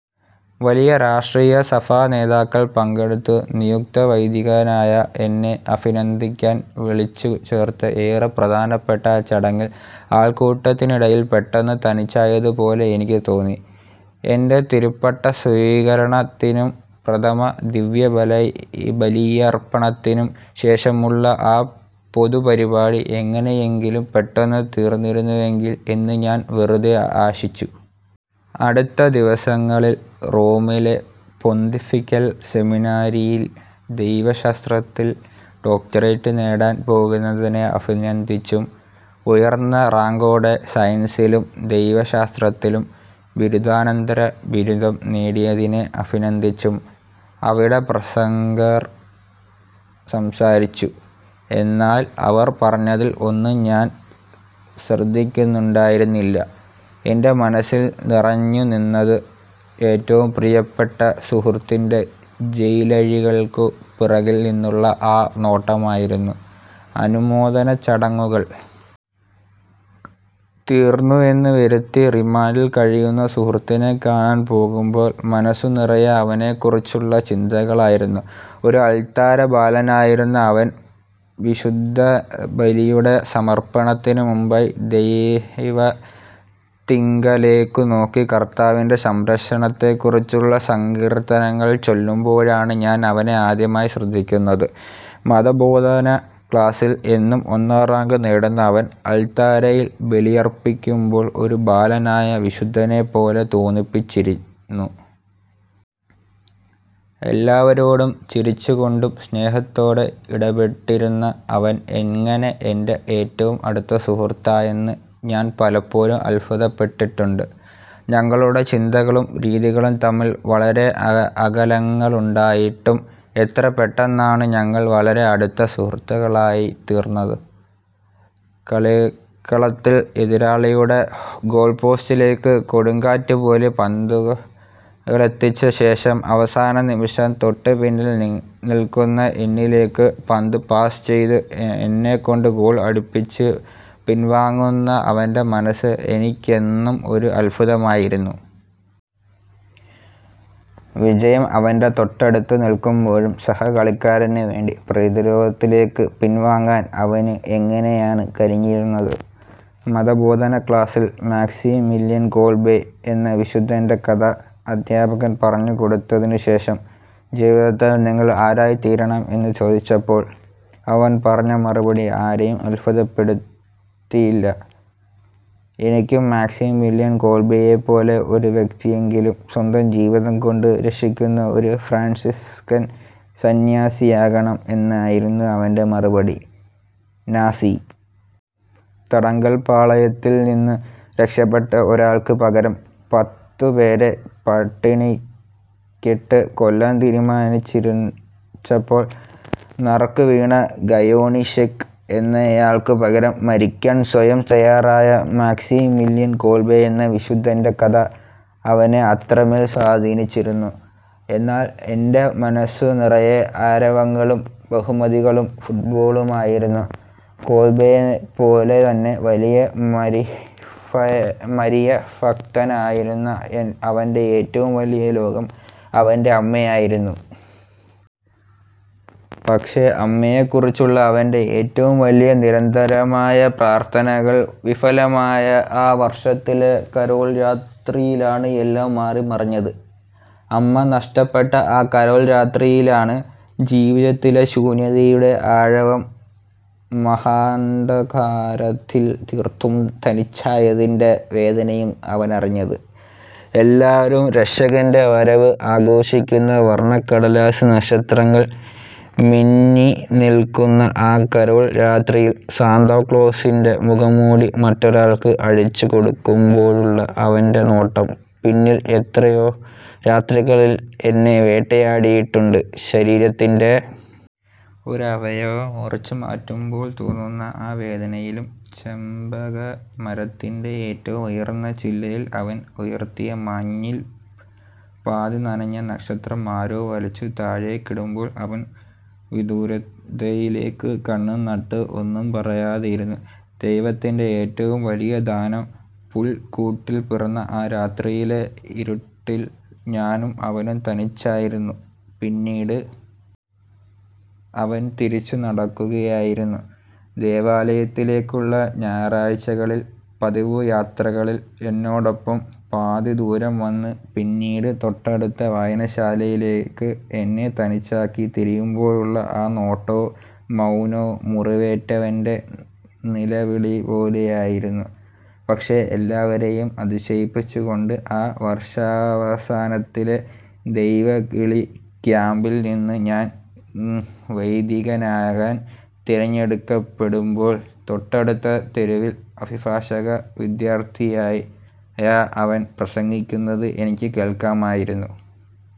വലിയ രാഷ്ട്രീയ സഭാ നേതാക്കൾ പങ്കെടുത്ത് നിയുക്ത വൈദികനായ എന്നെ അഭിനന്ദിക്കാൻ വിളിച്ചുചേർത്ത ഏറെ പ്രധാനപ്പെട്ട ആ ചടങ്ങിൽ ആൾക്കൂട്ടത്തിനിടയിൽ പെട്ടെന്ന് തനിച്ചായതുപോലെ എനിക്ക് തോന്നി. എന്റെ തിരുപ്പട്ട സ്വീകരണത്തിനും പ്രഥമ ദിവ്യബലിയർപ്പണത്തിനും ശേഷമുള്ള ആ പൊതുപരിപാടി എങ്ങനെയെങ്കിലും പെട്ടെന്ന് തീർന്നിരുന്നുവെങ്കിൽ എന്ന് ഞാൻ വെറുതെ ആശിച്ചു. അടുത്ത ദിവസങ്ങളിൽ റോമിലെ പൊന്തിഫിക്കൽ സെമിനാരിയിൽ ദൈവശാസ്ത്രത്തിൽ ഡോക്ടറേറ്റ് നേടാൻ പോകുന്നതിനെ അഭിനന്ദിച്ചും ഉയർന്ന റാങ്കോടെ സയൻസിലും ദൈവശാസ്ത്രത്തിലും ബിരുദാനന്തര ബിരുദം നേടിയതിനെ അഭിനന്ദിച്ചും അവിടെ പ്രസംഗകർ സംസാരിച്ചു. എന്നാൽ അവർ പറഞ്ഞതിൽ ഒന്നും ഞാൻ ശ്രദ്ധിക്കുന്നുണ്ടായിരുന്നില്ല. എന്റെ മനസ്സിൽ നിറഞ്ഞുനിന്നത് ഏറ്റവും പ്രിയപ്പെട്ട സുഹൃത്തിന്റെ ജയിലഴികൾക്കു പുറകിൽ നിന്നുള്ള ആ നോട്ടമായിരുന്നു. അനുമോദനച്ചടങ്ങുകൾ തീർന്നുവെന്ന് വരുത്തി റിമാൻഡിൽ കഴിയുന്ന സുഹൃത്തിനെ കാണാൻ പോകുമ്പോൾ മനസ്സുനിറയെ അവനെക്കുറിച്ചുള്ള ചിന്തകളായിരുന്നു. ഒരു അൾത്താര ബാലനായിരുന്ന അവൻ വിശുദ്ധബലിയുടെ സമർപ്പണത്തിനുമുമ്പായി ദൈവത്തിങ്കലേക്കു നോക്കി കർത്താവിന്റെ സംരക്ഷണത്തെക്കുറിച്ചുള്ള സങ്കീർത്തനങ്ങൾ ചൊല്ലുമ്പോഴാണ് ഞാൻ അവനെ ആദ്യമായി ശ്രദ്ധിക്കുന്നത്. മതബോധന ക്ലാസിൽ എന്നും ഒന്നാം റാങ്ക് നേടുന്ന അവൻ അൾത്താരയിൽ ബലിയർപ്പിക്കുമ്പോൾ ഒരു ബാലനായ വിശുദ്ധനെപ്പോലെ തോന്നിപ്പിച്ചിരുന്നു. എല്ലാവരോടും ചിരിച്ചുകൊണ്ടും സ്നേഹത്തോടെ ഇടപെട്ടിരുന്ന അവൻ എങ്ങനെ എന്റെ ഏറ്റവും അടുത്ത സുഹൃത്തായെന്ന് ഞാൻ പലപ്പോഴും അത്ഭുതപ്പെട്ടിട്ടുണ്ട്. ഞങ്ങളുടെ ചിന്തകളും രീതികളും തമ്മിൽ വളരെ അകലങ്ങളുണ്ടായിട്ടും എത്ര പെട്ടെന്നാണ് ഞങ്ങൾ വളരെ അടുത്ത സുഹൃത്തുക്കളായിത്തീർന്നത്. കളിക്കളത്തിൽ എതിരാളിയുടെ ഗോൾപോസ്റ്റിലേക്ക് കൊടുങ്കാറ്റുപോലെ പന്തുകളെത്തിച്ച ശേഷം അവസാന നിമിഷം തൊട്ടുപിന്നിൽ നിൽക്കുന്ന എന്നിലേക്ക് പന്ത് പാസ് ചെയ്ത് എന്നെക്കൊണ്ട് ഗോൾ അടിപ്പിച്ച് പിൻവാങ്ങുന്ന അവന്റെ മനസ്സ് എനിക്കെന്നും ഒരു അത്ഭുതമായിരുന്നു. വിജയം അവന്റെ തൊട്ടടുത്ത് നിൽക്കുമ്പോഴും സഹകളിക്കാരനുവേണ്ടി പ്രതിരോധത്തിലേക്ക് പിൻവാങ്ങാൻ അവന് എങ്ങനെയാണ് കഴിഞ്ഞിരുന്നത്. മതബോധന ക്ലാസിൽ മാക്സിമില്യൻ കോൾബെ എന്ന വിശുദ്ധന്റെ കഥ അധ്യാപകൻ പറഞ്ഞുകൊടുത്തതിനുശേഷം ജീവിതത്തിൽ നിങ്ങൾ ആരായിത്തീരണം എന്ന് ചോദിച്ചപ്പോൾ അവൻ പറഞ്ഞ മറുപടി ആരെയും അത്ഭുതപ്പെടുത്തിയില്ല. എനിക്കും മാക്സിമില്യൻ കോൾബെയെപ്പോലെ ഒരു വ്യക്തിയെയെങ്കിലും സ്വന്തം ജീവിതം കൊടുത്ത് രക്ഷിക്കുന്ന ഒരു ഫ്രാൻസിസ്കൻ സന്യാസിയാകണം എന്നായിരുന്നു അവന്റെ മറുപടി. നാസി തടങ്കൽപാളയത്തിൽനിന്ന് രക്ഷപ്പെട്ട ഒരാൾക്ക് പകരം പത്തുപേരെ പട്ടിണിക്കിട്ട് കൊല്ലാൻ തീരുമാനിച്ചപ്പോൾ നറുക്കുവീണ ഗയോണിഷെക് എന്നയാൾക്കു പകരം മരിക്കാൻ സ്വയം തയ്യാറായ മാക്സിമില്യൻ കോൾബെ എന്ന വിശുദ്ധന്റെ കഥ അവനെ അത്രമേൽ സ്വാധീനിച്ചിരുന്നു. എന്നാൽ എന്റെ മനസ്സുനിറയെ ആരവങ്ങളും ബഹുമതികളും ഫുട്ബോളുമായിരുന്നു. കോൾബെയെപ്പോലെതന്നെ വലിയ മരിയഭക്തനായിരുന്ന അവന്റെ ഏറ്റവും വലിയ ലോകം അവന്റെ അമ്മയായിരുന്നു. പക്ഷേ അമ്മയെക്കുറിച്ചുള്ള അവന്റെ ഏറ്റവും വലിയ നിരന്തരമായ പ്രാർത്ഥനകൾ വിഫലമായ ആ വർഷത്തിലെ കരോൾ രാത്രിയിലാണ് എല്ലാം മാറിമറിഞ്ഞത്. അമ്മ നഷ്ടപ്പെട്ട ആ കരോൾ രാത്രിയിലാണ് ജീവിതത്തിലെ ശൂന്യതയുടെ ആഴവും മഹാന്ധകാരത്തിൽ തീർത്തും തനിച്ചായതിന്റെ വേദനയും അവനറിഞ്ഞത്. എല്ലാവരും രക്ഷകന്റെ വരവ് ആഘോഷിക്കുന്ന വർണ കടലാസ് നക്ഷത്രങ്ങൾ മിന്നിനിൽക്കുന്ന ആ കരോൾ രാത്രിയിൽ സാന്താക്ലോസിന്റെ മുഖംമൂടി മറ്റൊരാൾക്ക് അഴിച്ചുകൊടുക്കുമ്പോഴുള്ള അവന്റെ നോട്ടം പിന്നീട് എത്രയോ രാത്രികളിൽ എന്നെ വേട്ടയാടിയിട്ടുണ്ട്. ശരീരത്തിന്റെ ഒരു അവയവം മുറിച്ചുമാറ്റുമ്പോൾ തോന്നുന്ന ആ വേദനയിലും ചെമ്പകമരത്തിന്റെ ഏറ്റവും ഉയർന്ന ചില്ലയിൽ അവൻ ഉയർത്തിയ മഞ്ഞിൽ പാതി നനഞ്ഞ നക്ഷത്രം ആരോ വലിച്ചുതാഴേക്കിടുമ്പോൾ അവൻ വിദൂരതയിലേക്ക് കണ്ണുംനട്ട് ഒന്നും പറയാതെ ഇരുന്നു. ദൈവത്തിന്റെ ഏറ്റവും വലിയ ദാനം പുൽക്കൂട്ടിൽ പിറന്ന ആ രാത്രിയിലെ ഇരുട്ടിൽ ഞാനും അവനും തനിച്ചായിരുന്നു. പിന്നീട് അവൻ തിരിച്ചുനടക്കുകയായിരുന്നു. ദേവാലയത്തിലേക്കുള്ള ഞായറാഴ്ചകളിലെ പതിവുയാത്രകളിൽ എന്നോടൊപ്പം പാതിദൂരം വന്ന് പിന്നീട് തൊട്ടടുത്ത വായനശാലയിലേക്ക് എന്നെ തനിച്ചാക്കി തിരിയുമ്പോഴുള്ള ആ നോട്ടവും മൗനവും മുറിവേറ്റവന്റെ നിലവിളിപോലെയായിരുന്നു. പക്ഷേ എല്ലാവരെയും അതിശയിപ്പിച്ചുകൊണ്ട് ആ വർഷാവസാനത്തിലെ ദൈവവിളി ക്യാമ്പിൽനിന്ന് ഞാൻ വൈദികനാകാൻ തിരഞ്ഞെടുക്കപ്പെടുമ്പോൾ തൊട്ടടുത്ത തെരുവിൽ അഭിഭാഷക വിദ്യാർഥിയായ അവൻ പ്രസംഗിക്കുന്നത് എനിക്ക് കേൾക്കാമായിരുന്നു.